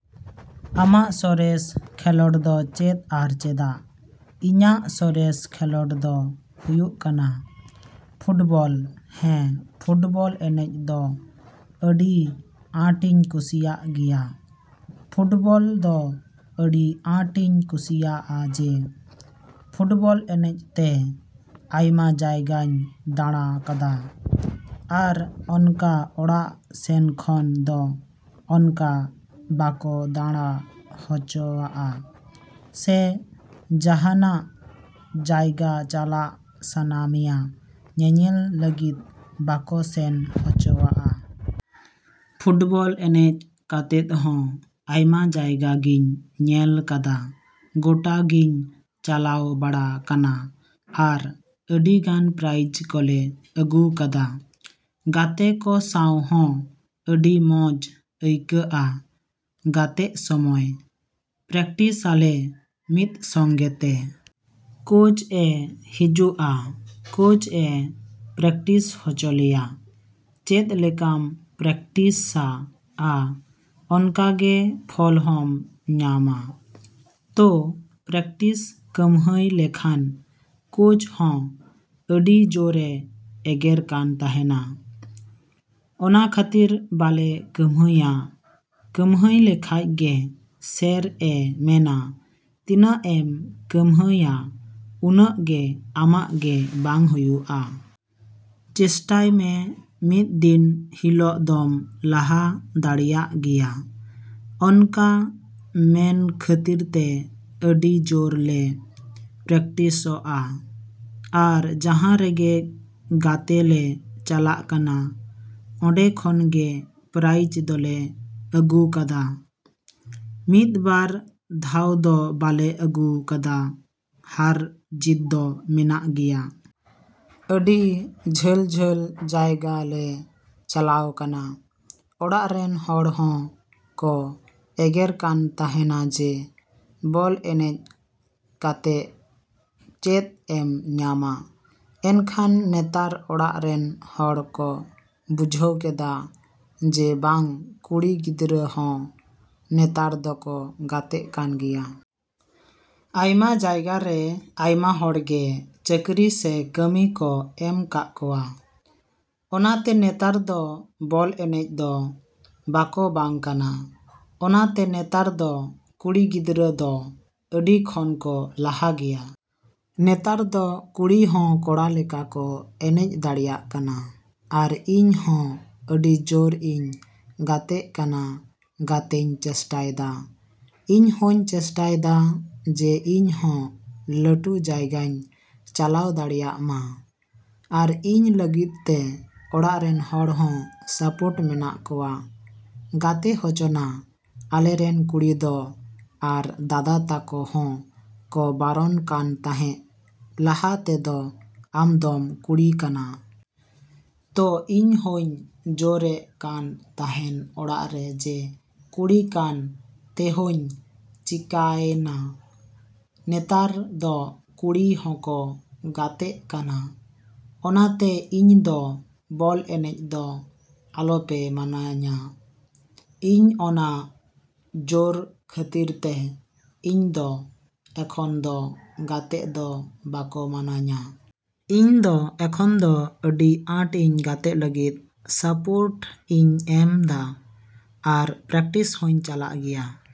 ᱟᱢᱟᱜ ᱥᱚᱨᱮᱥ ᱠᱷᱮᱞᱳᱰ ᱫᱚ ᱪᱮᱫ ᱟᱨ ᱪᱮᱫᱟᱜ? ᱤᱧᱟᱹᱜ ᱥᱚᱨᱮᱥ ᱠᱷᱮᱞᱳᱰ ᱫᱚ ᱦᱩᱭᱩᱜ ᱠᱟᱱᱟ ᱯᱷᱩᱴᱵᱚᱞ ᱦᱮᱸ ᱯᱷᱩᱴᱵᱚᱞ ᱮᱱᱮᱡ ᱫᱚ ᱟᱹᱰᱤ ᱟᱸᱴᱤᱧ ᱠᱩᱥᱤᱭᱟᱜ ᱜᱮᱭᱟ᱾ ᱯᱷᱩᱴᱵᱚᱞ ᱫᱚ ᱟᱹᱰᱤ ᱟᱸᱴᱤᱧ ᱠᱩᱥᱤᱭᱟᱜᱼᱟ ᱡᱮ ᱯᱷᱩᱴᱵᱚᱞ ᱮᱱᱮᱡ ᱛᱮ ᱟᱭᱢᱟ ᱡᱟᱭᱜᱟᱧ ᱫᱟᱬᱟ ᱠᱟᱫᱟ ᱟᱨ ᱚᱱᱠᱟ ᱚᱲᱟᱜ ᱥᱮᱫ ᱠᱷᱚᱱ ᱫᱚ ᱚᱱᱠᱟ ᱵᱟᱠᱚ ᱫᱟᱬᱟ ᱦᱚᱪᱚ ᱟᱜᱼᱟ ᱥᱮ ᱡᱟᱸᱦᱟᱱᱟᱜ ᱡᱟᱭᱜᱟ ᱪᱟᱞᱟᱜ ᱥᱟᱱᱟ ᱢᱮᱭᱟ ᱧᱮᱧᱮᱞ ᱞᱟᱹᱜᱤᱫ ᱵᱟᱠᱚ ᱥᱮᱱ ᱦᱚᱪᱚ ᱟᱜᱼᱟ᱾ ᱯᱷᱩᱴᱵᱚᱞ ᱮᱱᱮᱡ ᱠᱟᱛᱮᱜ ᱦᱚᱸ ᱟᱭᱢᱟ ᱡᱟᱭᱜᱟᱜᱤᱧ ᱧᱮᱞ ᱠᱟᱫᱟ ᱜᱳᱴᱟ ᱜᱤᱧ ᱪᱟᱞᱟᱣ ᱵᱟᱲᱟ ᱠᱟᱱᱟ ᱟᱨ ᱟᱹᱰᱤᱜᱟᱱ ᱯᱨᱟᱭᱤᱡ ᱠᱚᱞᱮ ᱟᱹᱜᱩ ᱠᱟᱫᱟ᱾ ᱜᱟᱛᱮ ᱠᱚ ᱥᱟᱶ ᱦᱚᱸ ᱟᱹᱰᱤ ᱢᱚᱸᱡ ᱟᱹᱭᱠᱟᱹᱜᱼᱟ ᱜᱟᱛᱮᱜ ᱥᱚᱢᱚᱭ᱾ ᱯᱨᱮᱠᱴᱤᱥ ᱟᱞᱮ ᱢᱤᱫ ᱥᱚᱝᱜᱮ ᱛᱮ᱾ ᱠᱳᱪ ᱮ ᱦᱤᱡᱩᱜᱼᱟ ᱠᱳᱪ ᱮ ᱯᱨᱮᱠᱴᱤᱥ ᱦᱚᱪᱚ ᱞᱮᱭᱟ᱾ ᱪᱮᱫ ᱞᱮᱠᱟᱢ ᱯᱨᱮᱠᱴᱤᱥᱟᱼᱟ ᱚᱱᱠᱟ ᱜᱮ ᱯᱷᱚᱞ ᱦᱚᱢ ᱧᱟᱢᱼᱟ᱾ ᱛᱳ ᱯᱨᱮᱠᱴᱤᱥ ᱠᱟᱹᱢᱦᱟᱹᱭ ᱞᱮᱠᱷᱟᱱ ᱠᱳᱪ ᱦᱚᱸ ᱟᱹᱰᱤ ᱡᱳᱨᱮ ᱮᱜᱮᱨ ᱠᱟᱱ ᱛᱟᱸᱦᱮᱱᱟ᱾ ᱚᱱᱟ ᱠᱷᱟᱹᱛᱤᱨ ᱵᱟᱞᱮ ᱠᱟᱹᱢᱦᱟᱹᱭᱼᱟ᱾ ᱠᱟᱹᱢᱦᱟᱹᱭ ᱞᱮᱠᱷᱟᱡ ᱜᱮ ᱥᱮᱨ ᱮ ᱢᱮᱱᱟ ᱛᱤᱱᱟᱹᱜ ᱮᱢ ᱠᱟᱢᱦᱟᱹᱭᱟ ᱩᱱᱟᱹᱜ ᱜᱮ ᱟᱢᱟᱜ ᱜᱮ ᱵᱟᱝ ᱦᱩᱭᱩᱜᱼᱟ᱾ ᱪᱮᱥᱴᱟᱭ ᱢᱮ ᱢᱤᱫ ᱫᱤᱱ ᱦᱤᱞᱳᱜ ᱫᱚᱢ ᱞᱟᱦᱟ ᱫᱟᱲᱮᱭᱟᱜ ᱜᱮᱭᱟ᱾ ᱚᱱᱠᱟ ᱢᱮᱱ ᱠᱷᱟᱹᱛᱤᱨ ᱛᱮ ᱟᱹᱰᱤ ᱡᱳᱨ ᱞᱮ ᱯᱨᱮᱠᱴᱤᱥᱚᱜᱼᱟ ᱟᱨ ᱡᱟᱸᱦᱟ ᱨᱮᱜᱮ ᱜᱟᱛᱮ ᱞᱮ ᱪᱟᱞᱟᱜ ᱠᱟᱱᱟ ᱚᱱᱰᱮ ᱠᱷᱚᱱ ᱜᱮ ᱯᱨᱟᱭᱤᱡ ᱫᱚᱞᱮ ᱟᱹᱜᱩ ᱠᱟᱫᱟ᱾ ᱢᱤᱫ ᱵᱟᱨ ᱫᱷᱟᱣ ᱫᱚ ᱵᱟᱞᱮ ᱟᱹᱜᱩ ᱠᱟᱫᱟ ᱦᱟᱨ ᱡᱤᱛ ᱫᱚ ᱢᱮᱱᱟᱜ ᱜᱮᱭᱟ᱾ ᱟᱹᱰᱤ ᱡᱷᱟᱹᱞ ᱡᱷᱟᱹᱞ ᱡᱟᱭᱜᱟ ᱞᱮ ᱪᱟᱞᱟᱣ ᱠᱟᱱᱟ᱾ ᱚᱲᱟᱜ ᱨᱮᱱ ᱦᱚᱲ ᱦᱚᱸᱠᱚ ᱮᱜᱮᱨ ᱠᱟᱱ ᱛᱟᱸᱦᱮᱱᱟ ᱡᱮ ᱵᱚᱞ ᱮᱱᱮᱡ ᱠᱟᱛᱮᱜ ᱪᱮᱫ ᱮᱢ ᱧᱟᱢᱟ? ᱮᱱᱠᱷᱟᱱ ᱱᱮᱛᱟᱨ ᱚᱲᱟᱜ ᱨᱮᱱ ᱦᱚᱲ ᱠᱚ ᱵᱩᱡᱷᱟᱹᱣ ᱠᱮᱫᱟ ᱡᱮ ᱵᱟᱝ ᱠᱩᱲᱤ ᱜᱤᱫᱽᱨᱟᱹ ᱦᱚᱸ ᱱᱮᱛᱟᱨ ᱫᱚᱠᱚ ᱜᱟᱛᱮᱜ ᱠᱟᱱ ᱜᱮᱭᱟ᱾ ᱟᱭᱢᱟ ᱡᱟᱭᱜᱟ ᱨᱮ ᱟᱭᱢᱟ ᱦᱚᱲ ᱜᱮ ᱪᱟᱹᱠᱨᱤ ᱥᱮ ᱠᱟᱹᱢᱤ ᱠᱚ ᱮᱢ ᱠᱟᱜ ᱠᱚᱣᱟ᱾ ᱚᱱᱟᱛᱮ ᱱᱮᱛᱟᱨ ᱫᱚ ᱵᱚᱞ ᱮᱱᱮᱡ ᱫᱚ ᱵᱟᱠᱚ ᱵᱟᱝ ᱠᱟᱱᱟ᱾ ᱚᱱᱟᱛᱮ ᱱᱮᱛᱟᱨ ᱫᱚ ᱠᱩᱲᱤ ᱜᱤᱫᱽᱨᱟᱹ ᱫᱚ ᱟᱹᱰᱤ ᱠᱷᱚᱱ ᱠᱚ ᱞᱟᱦᱟ ᱜᱮᱭᱟ᱾ ᱱᱮᱛᱟᱨ ᱫᱚ ᱠᱩᱲᱤ ᱦᱚᱸ ᱠᱚᱲᱟ ᱞᱮᱠᱟ ᱠᱚ ᱮᱱᱮᱡ ᱫᱟᱲᱮᱭᱟᱜ ᱠᱟᱱᱟ᱾ ᱟᱨ ᱤᱧ ᱦᱚᱸ ᱟᱹᱰᱤ ᱡᱳᱨ ᱤᱧ ᱜᱟᱛᱮᱜ ᱠᱟᱱᱟ ᱜᱟᱛᱮᱧ ᱪᱮᱥᱴᱟᱭ ᱫᱟ᱾ ᱤᱧ ᱦᱚᱧ ᱪᱮᱥᱴᱟᱭ ᱫᱟ ᱡᱮ ᱤᱧ ᱦᱚᱸ ᱞᱟᱹᱴᱩ ᱡᱟᱭᱜᱟᱧ ᱪᱟᱞᱟᱣ ᱫᱟᱲᱮᱭᱟᱜᱼᱢᱟ ᱟᱨ ᱤᱧ ᱞᱟᱹᱜᱤᱫ ᱛᱮ ᱚᱲᱟᱜ ᱨᱮᱱ ᱦᱚᱲ ᱦᱚᱸ ᱥᱟᱯᱳᱴ ᱢᱮᱱᱟᱜ ᱠᱚᱣᱟ ᱜᱟᱛᱮ ᱦᱚᱪᱚᱱᱟ ᱟᱞᱮ ᱨᱮᱱ ᱠᱩᱲᱤ ᱫᱚ ᱟᱨ ᱫᱟᱫᱟ ᱛᱟᱠᱚ ᱦᱚᱸᱠᱚ ᱵᱟᱨᱚᱱ ᱠᱟᱱ ᱛᱟᱸᱦᱮᱜ ᱞᱟᱦᱟ ᱛᱮᱫᱚ ᱟᱢ ᱫᱚᱢ ᱠᱩᱲᱤ ᱠᱟᱱᱟ᱾ ᱛᱳ ᱤᱧ ᱦᱚᱧ ᱡᱳᱨ ᱮᱜ ᱠᱟᱱ ᱛᱟᱸᱦᱮᱱ ᱚᱲᱟᱜ ᱨᱮ ᱡᱮ ᱠᱩᱲᱤ ᱠᱟᱱ ᱛᱮᱫᱳᱧ ᱪᱤᱠᱟᱭᱮᱱᱟ? ᱱᱮᱛᱟᱨ ᱫᱚ ᱠᱩᱲᱤ ᱦᱚᱸᱠᱚ ᱜᱟᱛᱮᱜ ᱠᱟᱱᱟ᱾ ᱚᱱᱟᱛᱮ ᱤᱧ ᱫᱚ ᱵᱚᱞ ᱮᱱᱮᱡ ᱫᱚ ᱟᱞᱚᱯᱮ ᱢᱟᱱᱟᱧᱟ᱾ ᱤᱧ ᱚᱱᱟ ᱡᱳᱨ ᱠᱷᱟᱹᱛᱤᱨ ᱛᱮ ᱤᱧ ᱫᱚ ᱮᱠᱷᱚᱱ ᱫᱚ ᱜᱟᱛᱮᱜ ᱫᱚ ᱵᱟᱠᱚ ᱢᱟᱱᱟᱧᱟ᱾ ᱤᱧ ᱫᱚ ᱮᱠᱷᱚᱱ ᱫᱚ ᱟᱹᱰᱤ ᱟᱸᱴᱤᱧ ᱜᱟᱛᱮᱜ ᱞᱟᱹᱜᱤᱫ ᱥᱟᱯᱳᱨᱴ ᱤᱧ ᱮᱢ ᱫᱟ ᱟᱨ ᱯᱨᱮᱠᱴᱤᱥ ᱦᱚᱧ ᱪᱟᱞᱟᱜ ᱜᱮᱭᱟ।